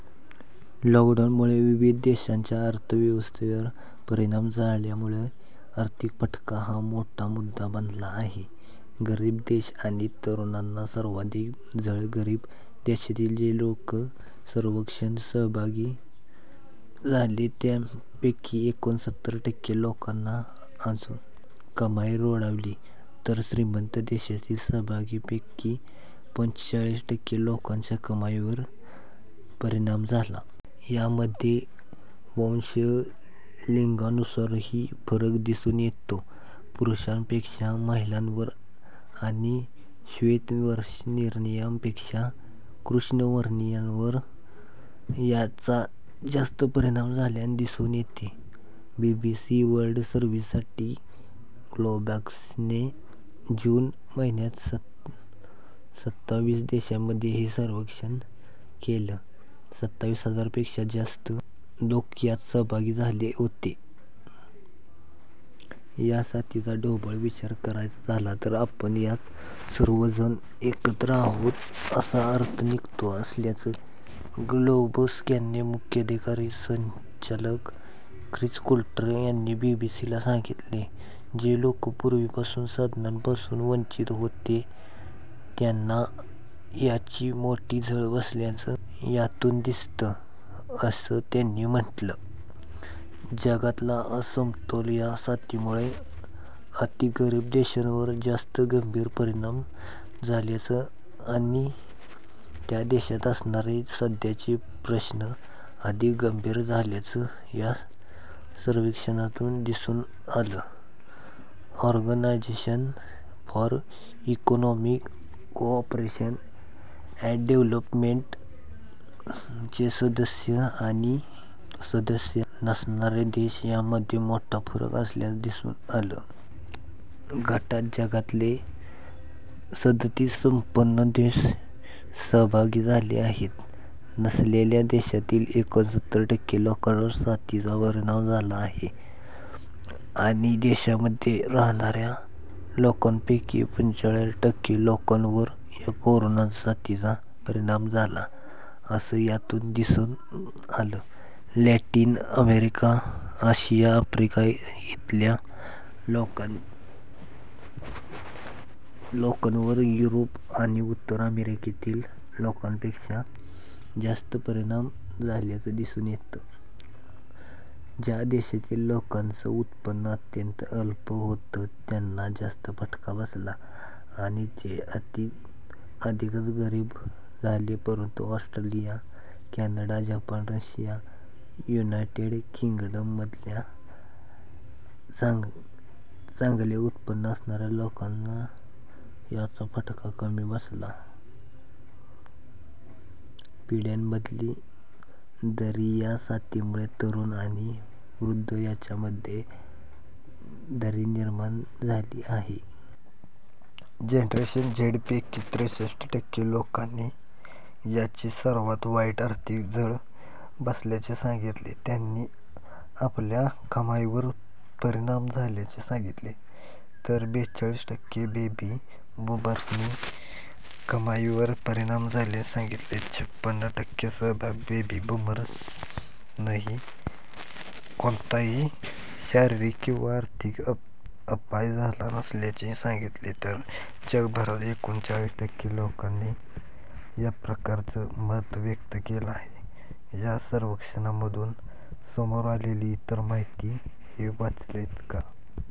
लॉकडाऊनमुळे विविध देशांच्या अर्थव्यवस्थेवर परिणाम झाल्यामुळे आर्थिक फटका हा एक मोठा मुद्दा बनला आहे. गरीब देश आणि तरुणांना सर्वाधिक झळ गरीब देशातील जे लोक या सर्वेक्षणात सहभागी झाले त्यांच्यापैकी एकोणसत्तर टक्के लोकांची कमाई रोडावली, तर श्रीमंत देशातील सहभागींपैकी पंचेचाळीस टक्के लोकांच्या कमाईवर परिणाम झाला. यामध्ये वंश, लिंगानुसारही फरक दिसून येतो. पुरुषांपेक्षा महिलांवर आणि श्वेतवर्णियांपेक्षा कृष्णवर्णियांवर याचा जास्त परिणाम झाल्याचे दिसून येते. बीबीसी वर्ल्ड सर्व्हिससाठी ग्लोबस्कॅनने जून महिन्यात सताविस देशांमध्ये हे सर्वेक्षण केलं. सताविस हजार पेक्षा जास्त लोक यात सहभागी झाले होते. या साथीचा ढोबळ विचार करायचा झाला तर आपण यात सर्वजण एकत्र आहोत असा अर्थ निघतो असल्याचं ग्लोबस्कॅनचे मुख्य कार्यकारी संचालक ख्रिस कुल्टर यांनी बीबीसीला सांगितले. जे लोक पूर्वीपासून साधनांपासून वंचित होते त्यांना याची मोठी झळ बसल्याचं यातून दिसतं, असं त्यांनी म्हटलं. जगातला असमतोल या साथीमुळे अतिगरीब देशांवर जास्त गंभीर परिणाम झाल्याचं आणि त्या देशांत असणारे सध्याचे प्रश्न अधिक गंभीर झाल्याचं या सर्वेक्षणातून दिसून आलं. Organisation for economic cooperation and development चे सदस्य देश आणि सदस्य नसणारे देश यांच्यामध्ये मोठा फरक असल्याचं दिसून आलं. गटात जगातले सदतीस संपन्न देश सहभागी झालेले आहेत. नसलेल्या देशांतील एकोणसत्तर टक्के लोकांवर साथीचा परिणाम झाला आणि देशांमध्ये राहाणाऱ्या लोकांपैकी पंचेचाळीस टक्के लोकांवर या कोरोना साथीचा परिणाम झाला असं यातून दिसून आलं. लॅटिन अमेरिका, आशिया, अफ्रिका इथल्या देशांतील लोकांवर युरोप आणि उत्तर अमेरिकेतील लोकांपेक्षा जास्त परिणाम झाल्याचं दिसून येतं. ज्या देशांमधील लोकांचं उत्पन्न अत्यंत अल्प होतं त्यांना जास्त फटका बसला आणि ते अधिकच गरीब झाले. परंतु Australia, Canada, Japan, Russia, United किंग्डममधल्या चांगले उत्पन्न असणाऱ्या लोकांना याचा फटका कमी बसला. पिढ्यांमधली दरी या साथीमुळे तरुण आणि वृद्ध यांच्यामध्ये दरी निर्माण झाली आहे. जनरेशन झेडपैकी त्रेसष्ट टक्के लोकांनी याची सर्वात वाईट आर्थिक झळ बसल्याचे सांगितले. त्यांनी आपल्या कमाईवर परिणाम झाल्याचे सांगितले. तर बेचाळीस टक्के बेबी बूमर्सनी कमाईवर परिणाम झाल्याचे सांगितले. छपण टक्के सहभागी बेबी बूमर्सनी कोणताही शारीरिक किंवा आर्थिक अपाय झाला नसल्याचे सांगितले, तर जगभरात एकोणचाळीस टक्के लोकांनी या प्रकारचं मत व्यक्त केलं आहे. या सर्वेक्षणामधून समोर आलेली इतर माहिती हे वाचलंत का?